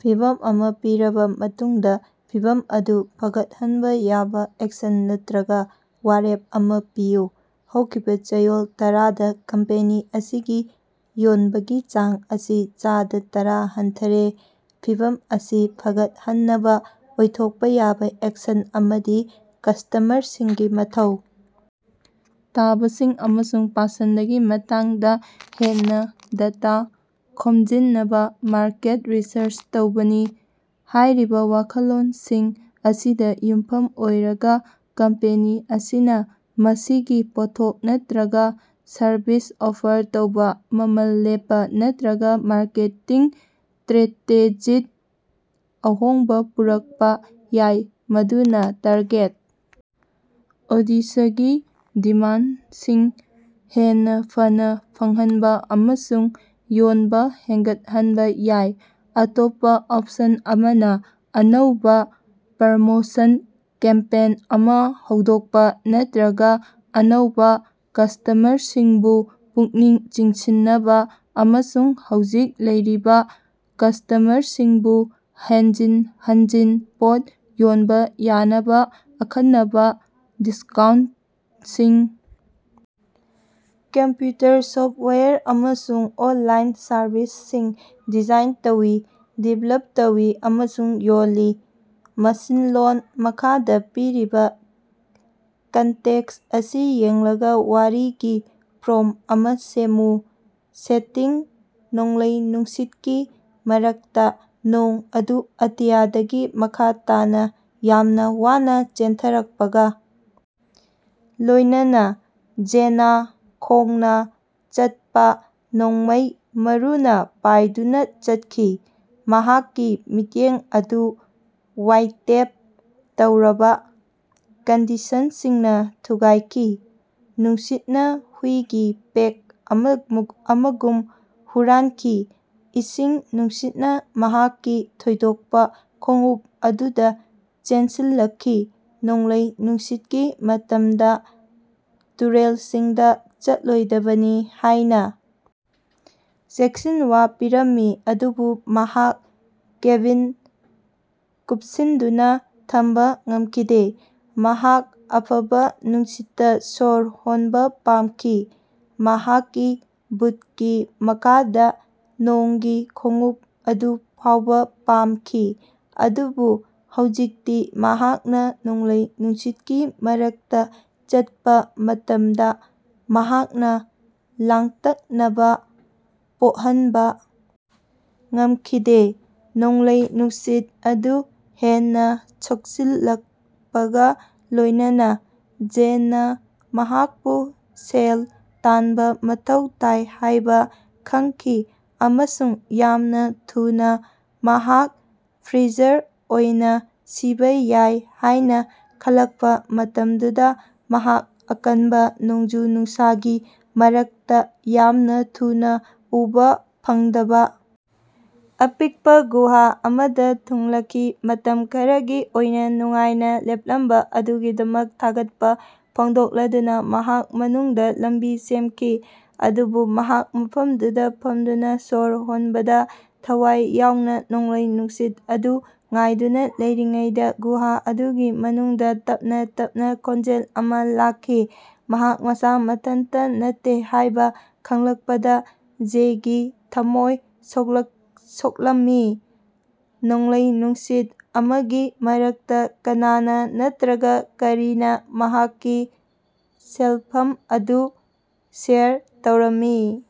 ꯐꯤꯚꯝ ꯑꯃ ꯄꯤꯔꯕꯥ ꯃꯇꯨꯡꯗ, ꯐꯤꯚꯝ ꯑꯗꯨ ꯐꯒꯠꯍꯟꯕꯥ ꯌꯥꯕ ꯑꯦꯛꯁꯟ ꯅꯠꯇꯔꯒ ꯋꯥꯔꯦꯞ ꯑꯃ ꯄꯤꯌꯨ꯫ ꯍꯧꯈꯤꯕ ꯆꯌꯣꯜ ꯇꯔꯥꯗ ꯀꯝꯄꯦꯅꯤ ꯑꯁꯤꯒꯤ ꯌꯣꯟꯕꯒꯤ ꯆꯥꯡ ꯑꯁꯤ ꯆꯥꯗ ꯇꯥꯔ ꯍꯟꯊꯔꯦ꯫ ꯐꯤꯚꯝ ꯑꯁꯤ ꯐꯒꯠꯍꯟꯅꯕꯥ ꯑꯣꯏꯊꯣꯛꯄ ꯌꯥꯕ ꯑꯦꯛꯁꯟ ꯑꯃꯗꯤ ꯀꯁ꯭ꯇꯃꯔꯁꯤꯡꯒꯤ ꯃꯊꯧ ꯇꯥꯕꯁꯤꯡ ꯑꯃꯁꯨꯡ ꯄꯁꯟꯗꯒꯤ ꯃꯇꯥꯡꯗ ꯍꯦꯟꯅꯥ ꯗꯇꯥ ꯈꯣꯝꯖꯤꯟꯅꯕꯥ ꯃꯥꯔꯀꯦꯠ ꯔꯤꯁꯔꯆ ꯇꯧꯕꯅꯤ꯫ ꯍꯥꯏꯔꯤꯕ ꯋꯥꯈꯜꯂꯣꯟꯁꯤꯡ ꯑꯁꯤꯗ ꯌꯨꯝꯐꯝ ꯑꯣꯏꯔꯒ ꯀꯝꯄꯦꯅꯤ ꯑꯁꯤꯅ ꯃꯁꯤꯒꯤ ꯄꯣꯠꯊꯣꯛ ꯅꯠꯇꯔꯒꯥ ꯁꯔꯕꯤꯁ ꯑꯣꯐꯔ ꯇꯧꯕ, ꯃꯃꯜ ꯂꯦꯞꯄꯥ ꯅꯠꯇꯔꯒ ꯃꯥꯔꯀꯦꯇꯤꯡ ꯇ꯭ꯔꯦꯇꯦꯖꯤꯗ ꯑꯍꯣꯡꯕ ꯄꯨꯔꯛꯄꯥ ꯌꯥꯏ ꯃꯗꯨꯅꯥ ꯇꯥꯔꯒꯦꯠ ꯑꯣꯗꯤꯁꯒꯤ ꯗꯤꯃꯥꯟꯗꯁꯤꯡ ꯍꯦꯟꯅꯥ ꯐꯅꯥ ꯐꯪꯍꯟꯕ ꯑꯃꯁꯨꯡ ꯌꯣꯟꯕꯥ ꯍꯦꯒꯠꯍꯟꯕ ꯌꯥꯏ꯫ ꯑꯇꯣꯞꯄꯥ ꯑꯣꯞꯁꯟ ꯑꯃꯅ ꯑꯅꯧꯕꯥ ꯄ꯭ꯔꯃꯣꯁꯟ ꯀꯦꯝꯄꯦꯟ ꯑꯃ ꯍꯧꯗꯣꯛꯄꯥ ꯅꯠꯇꯔꯒ ꯑꯅꯧꯕ ꯀꯁ꯭ꯇꯃꯔꯁꯤꯡꯕꯨ ꯄꯨꯛꯅꯤꯡ ꯆꯤꯡꯁꯤꯟꯅꯕ ꯑꯃꯁꯨꯡ ꯍꯧꯖꯤꯛ ꯂꯩꯔꯤꯕ ꯀꯁ꯭ꯇꯃꯔꯁꯤꯡꯕꯨ ꯍꯟꯖꯤꯟ ꯍꯟꯖꯤꯟ ꯄꯣꯠ ꯌꯣꯟꯕꯥ ꯌꯥꯅꯕꯥ ꯑꯈꯟꯅꯕꯥ ꯗꯤꯁꯀꯥꯎꯟꯇꯁꯤꯡ ꯀꯝꯄꯌꯨꯇꯔ ꯁꯣꯐꯋꯦꯌꯔ ꯑꯃꯁꯨꯡ ꯑꯣꯟꯂꯥꯏꯟ ꯁꯔꯚꯤꯁꯁꯤꯡ ꯗꯤꯖꯥꯏꯟ ꯇꯧꯏ, ꯗꯤꯕꯦꯂꯞ ꯇꯧꯏ ꯑꯃꯁꯨꯡ ꯌꯣꯜꯂꯤ꯫ ꯃꯁꯤꯟꯂꯣꯟ ꯃꯈꯥꯗ ꯄꯤꯔꯤꯕ ꯀꯟꯇꯦꯛꯁ ꯑꯁꯤ ꯌꯦꯡꯂꯒ ꯋꯥꯔꯤ ꯒꯤ ꯄ꯭ꯔꯣꯝꯇ ꯑꯃ ꯁꯦꯝꯃꯨ꯫ ꯁꯦꯇꯤꯡ ꯅꯣꯡꯂꯩ-ꯅꯨꯡꯁꯤꯠꯀꯤ ꯃꯔꯛꯇ꯫ ꯅꯣꯡ ꯑꯗꯨ ꯑꯇꯤꯌꯥꯗꯒꯤ ꯃꯈꯥ ꯇꯥꯅ ꯌꯥꯝꯅ ꯋꯥꯅ ꯆꯦꯟꯊꯔꯛꯄꯒ ꯂꯣꯏꯅꯅꯥ ꯖꯦꯟꯅꯥ ꯈꯣꯡꯅꯥ ꯆꯠꯄꯥ ꯅꯣꯡꯃꯩ ꯃꯔꯨꯅꯥ ꯄꯥꯏꯗꯨꯅ ꯆꯠꯈꯤ, ꯃꯍꯥꯛꯀꯤ ꯃꯤꯠꯌꯦꯡ ꯑꯗꯨ ꯋꯥꯏꯇꯦꯞ ꯇꯧꯔꯕꯥ ꯀꯟꯗꯤꯁꯟꯁꯤꯡꯅ ꯊꯨꯒꯥꯏꯈꯤ꯫ ꯅꯨꯡꯁꯤꯠꯅ ꯍꯨꯏꯒꯤ ꯄꯦꯛ ꯑꯃꯒꯨꯝ ꯍꯨꯔꯥꯟꯈꯤ, ꯏꯁꯤꯡ ꯅꯨꯡꯁꯤꯠꯅ ꯃꯍꯥꯛꯀꯤ ꯊꯣꯏꯗꯣꯛꯄꯥ ꯈꯣꯡꯎꯞ ꯑꯗꯨꯗ ꯆꯦꯟꯁꯤꯜꯂꯛꯈꯤ꯫ ꯅꯣꯡꯂꯩ ꯅꯨꯡꯁꯤꯠꯀꯤ ꯃꯇꯝꯗ ꯇꯨꯔꯦꯜꯁꯤꯡꯗ ꯆꯠꯂꯣꯏꯗꯕꯅꯤ ꯍꯥꯏꯅ ꯆꯦꯛꯁꯤꯟꯋꯥ ꯄꯤꯔꯝꯃꯤ ꯑꯗꯨꯕꯨ ꯃꯍꯥꯛ ꯀꯦꯕꯤꯟ ꯀꯨꯞꯁꯤꯟꯗꯨꯅ ꯊꯝꯕꯥ ꯉꯝꯈꯤꯗꯦ꯫ ꯃꯍꯥꯛ ꯑꯐꯕꯥ ꯅꯨꯡꯁꯤꯠꯇꯥ ꯁ꯭ꯕꯔ ꯍꯣꯟꯕꯥ ꯄꯥꯝꯈꯤ, ꯃꯍꯥꯛꯀꯤ ꯕꯨꯠꯀꯤ ꯃꯈꯥꯗ ꯅꯣꯡꯒꯤ ꯈꯣꯡꯎꯞ ꯑꯗꯨ ꯐꯥꯎꯕꯥ ꯄꯥꯝꯈꯤ꯫ ꯑꯗꯨꯕꯨ ꯍꯧꯖꯤꯛꯇꯤ ꯃꯍꯥꯛꯅ ꯅꯣꯡꯂꯩ ꯅꯨꯡꯁꯤꯠꯀꯤ ꯃꯔꯛꯇꯥ ꯆꯠꯄꯥ ꯃꯇꯝꯗꯥ, ꯃꯍꯥꯛꯅ ꯂꯥꯡꯇꯛꯅꯕꯥ ꯄꯣꯍꯟꯕꯥ ꯉꯝꯈꯤꯗꯦ꯫ ꯅꯣꯡꯂꯩ-ꯅꯨꯡꯁꯤꯠ ꯑꯗꯨ ꯍꯦꯟꯅꯥ ꯁꯣꯛꯆꯤꯜꯂꯛꯄꯒꯥ ꯂꯣꯏꯅꯅꯥ, ꯖꯦꯟꯅꯥ ꯃꯍꯥꯛꯄꯨ ꯁꯦꯜ ꯇꯥꯟꯕꯥ ꯃꯊꯧ ꯇꯥꯏ ꯍꯥꯏꯕꯥ ꯈꯪꯈꯤ ꯑꯃꯁꯨꯡ ꯌꯥꯝꯅꯥ ꯊꯨꯅꯥ꯫ ꯃꯍꯥꯛ ꯐ꯭ꯔꯤꯖꯔ ꯑꯣꯏꯅ ꯁꯤꯕꯥ ꯌꯥꯏ ꯍꯥꯏꯅꯥ ꯈꯜꯂꯛꯄꯥ ꯃꯇꯝꯗꯨꯗꯥ ꯃꯍꯥꯛ ꯑꯀꯟꯕꯥ ꯅꯣꯡꯖꯨ-ꯅꯨꯡꯁꯥꯒꯤ ꯃꯔꯛꯇꯥ ꯌꯥꯝꯅꯥ ꯊꯨꯅꯥ ꯎꯕꯥ ꯐꯪꯗꯕꯥ ꯑꯄꯤꯛꯄꯥ ꯒꯨꯍꯥ ꯑꯃꯗ ꯊꯨꯡꯂꯈꯤ꯫ ꯃꯇꯝ ꯈꯔꯒꯤ ꯑꯣꯏꯅꯥ ꯅꯨꯡꯉꯥꯏꯅꯥ ꯂꯦꯞꯂꯝꯕꯥ ꯑꯗꯨꯒꯤꯗꯃꯛ ꯊꯥꯒꯠꯄꯥ ꯐꯣꯡꯗꯣꯛꯂꯗꯨꯅꯥ ꯃꯍꯥꯛ ꯃꯅꯨꯡꯗꯥ ꯂꯝꯕꯤ ꯁꯦꯝꯈꯤ꯫ ꯑꯗꯨꯕꯨ ꯃꯍꯥꯛ ꯃꯐꯝꯗꯨꯗꯥ ꯐꯝꯗꯨꯅꯥ ꯁꯣꯔ ꯍꯣꯟꯕꯗꯥ ꯊꯋꯥꯏ ꯌꯥꯎꯅꯥ ꯅꯣꯡꯂꯩ ꯅꯨꯡꯁꯤꯠ ꯑꯗꯨ ꯉꯥꯏꯗꯨꯅꯥ ꯂꯩꯔꯤꯉꯩꯗ ꯒꯨꯍꯥ ꯑꯗꯨꯒꯤ ꯃꯅꯨꯡꯗꯥ ꯇꯞꯅꯥ ꯇꯞꯅꯥ ꯈꯣꯟꯖꯦꯜ ꯑꯃ ꯂꯥꯛꯈꯤ꯫ ꯃꯍꯥꯛ ꯃꯁꯥ ꯃꯊꯟꯇꯥ ꯅꯠꯇꯦ ꯍꯥꯏꯕꯥ ꯈꯪꯂꯛꯄꯗꯥ ꯖꯦꯒꯤ ꯊꯝꯃꯣꯏ ꯁꯣꯛꯂꯝꯃꯤ꯫ ꯅꯣꯡꯂꯩ ꯅꯨꯡꯁꯤꯠ ꯑꯃꯒꯤ ꯃꯔꯛꯇꯥ ꯀꯅꯅꯥ, ꯅꯠꯇꯔꯒꯥ ꯀꯔꯤꯅꯥ ꯃꯍꯥꯛꯀꯤ ꯁꯦꯜꯐꯝ ꯑꯗꯨ ꯁꯦꯌꯔ ꯇꯧꯔꯝꯃꯤ?